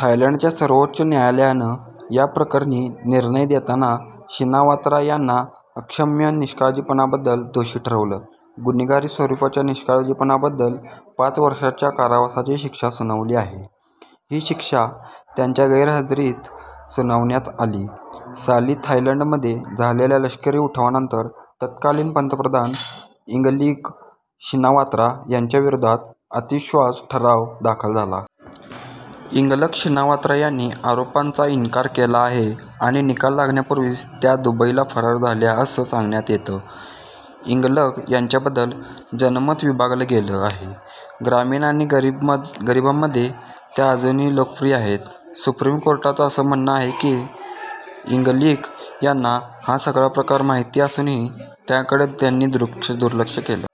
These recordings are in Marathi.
थायलंडच्या सर्वोच्च न्यायालयानं या प्रकरणी निर्णय देताना शिनावात्रा यांना अक्षम्य निष्काळजीपणाबद्दल दोषी ठरवलं. गुन्हेगारी स्वरूपाच्या निष्काळजीपणाबद्दल पाच वर्षाच्या कारावासाची शिक्षा सुनावली आहे. ही शिक्षा त्यांच्या गैरहजेरीत सुनावण्यात आली. साली थायलंडमध्ये झालेल्या लष्करी उठावानंतर तत्कालीन पंतप्रधान यिंगलक शिनावात्रा यांच्याविरोधात अविश्वास ठराव दाखल झाला. यिंगलक शिनावात्रा यांनी आरोपांचा इन्कार केला आहे आणि निकाल लागण्यापूर्वीच त्या दुबईला फरार झाल्या असं सांगण्यात येतं. यिंगलक यांच्याबद्दल जनमत विभागलं गेलं आहे. ग्रामीण आणि गरीबांमध्ये त्या अजूनही लोकप्रिय आहेत. सुप्रीम कोर्टाचं असं म्हणणं आहे की, यिंगलिक यांना हा सगळा प्रकार माहिती असूनही त्याकडे त्यांनी दुर्लक्ष केलं.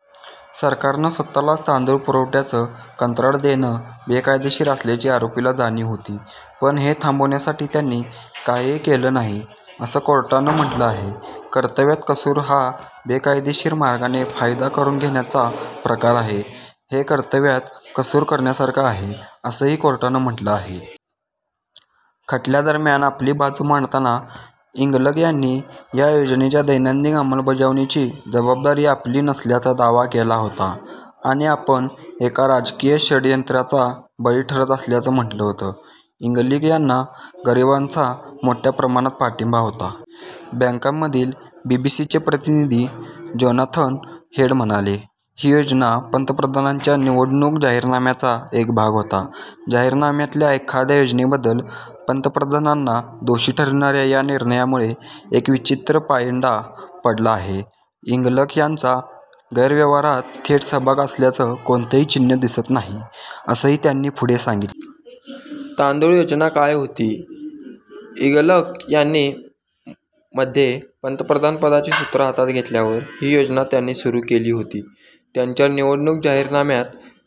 सरकारनं स्वतःलाच तांदूळ पुरवठ्याचं कंत्राट देणं बेकायदेशीर असल्याची आरोपीला जाणीव होती. पण हे थांबवण्यासाठी त्यांनी काहीही केलं नाही, असं कोर्टानं म्हटलं आहे. कर्तव्यात कसूर हा बेकायदेशीर मार्गाने फायदा करून घेण्याचा प्रकार आहे. हे कर्तव्यात कसूर करण्यासारखं आहे, असंही कोर्टानं म्हटलं आहे. खटल्या दरम्यान, आपली बाजू मांडताना यिंगलक यांनी या योजनेच्या दैनंदिन अंमलबजावणीची जबाबदारी आपली नसल्याचा दावा केला होता आणि आपण एका राजकीय षड्यंत्राचा बळी ठरत असल्याचं म्हटलं होतं. यिंगलिक यांना गरिबांचा मोठ्या प्रमाणात पाठिंबा होता. बॅंकॉकमधील बीबीसीचे प्रतिनिधी जोनाथन हेड म्हणाले, ही योजना पंतप्रधानांच्या निवडणूक जाहीरनाम्याचा एक भाग होता. जाहीरनाम्यातल्या एखाद्या योजनेबद्दल पंतप्रधानांना दोषी ठरवणाऱ्या या निर्णयामुळे एक विचित्र पायंडा पडला आहे. यिंगलक यांचा गैरव्यवहारात थेट सहभाग असल्याचं कोणतंही चिन्हं दिसत नाही, असंही त्यांनी पुढे सांगितलं. तांदूळ योजना काय होती? यिंगलक यांनी मध्ये पंतप्रधानपदाची सूत्रं हातात घेतल्यावर ही योजना त्यांनी सुरू केली होती. त्यांच्या निवडणूक जाहीरनाम्यात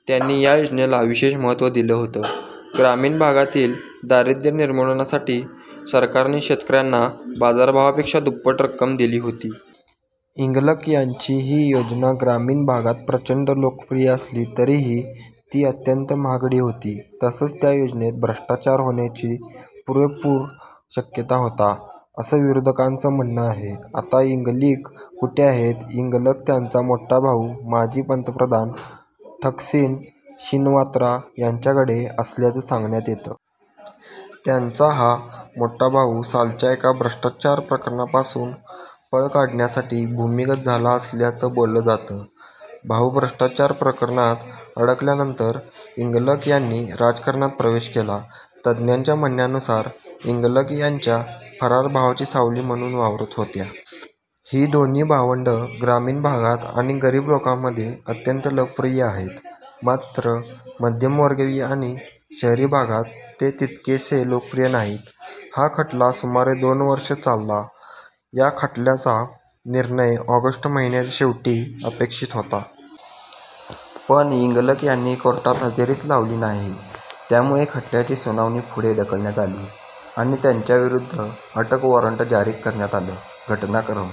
त्यांनी या योजनेला विशेष महत्त्व दिलं होतं. ग्रामीण भागातील दारिद्र्य निर्मूलनासाठी सरकारने शेतकऱ्यांना बाजारभावापेक्षा दुप्पट रक्क्म दिली होती. यिंगलक यांची ही योजना ग्रामीण भागात प्रचंड लोकप्रिय असली तरीही ती अत्यंत महागडी होती. तसंच त्या योजनेत भ्रष्टाचार होण्याची पुरेपूर शक्यता होता, असं विरोधकांचं म्हणणं आहे. आता यिंगलिक कुठे आहेत? यिंगलक त्यांचा मोठा भाऊ माजी पंतप्रधान ठकसिन शिनवात्रा यांच्याकडे असल्याचं सांगण्यात येतं. त्यांचा हा मोठा भाऊ सालच्या एका भ्रष्टाचार प्रकरणापासून पळ काढण्यासाठी भूमिगत झाला असल्याचं बोललं जातं. भाऊ भ्रष्टाचार प्रकरणात अडकल्यानंतर यिंगलक यांनी राजकारणात प्रवेश केला. तज्ज्ञांच्या म्हणण्यानुसार यिंगलक त्यांच्या फरार भावाची सावली म्हणून वावरत होत्या. ही दोन्ही भावंडं ग्रामीण भागात आणि गरीब लोकांमध्ये अत्यंत लोकप्रिय आहेत. मात्र मध्यमवर्गीय आणि शहरी भागात ते तितकेसे लोकप्रिय नाहीत. हा खटला सुमारे दोन वर्षं चालला. या खटल्याचा निर्णय ऑगस्ट महिन्याच्या शेवटी अपेक्षित होता. पण यिंगलक यांनी कोर्टात हजेरीच लावली नाही. त्यामुळे खटल्याची सुनावणी पुढे ढकलण्यात आली आणि त्यांच्याविरूद्ध अटक वॉरंट जारी करण्यात आलं. घटनाक्रम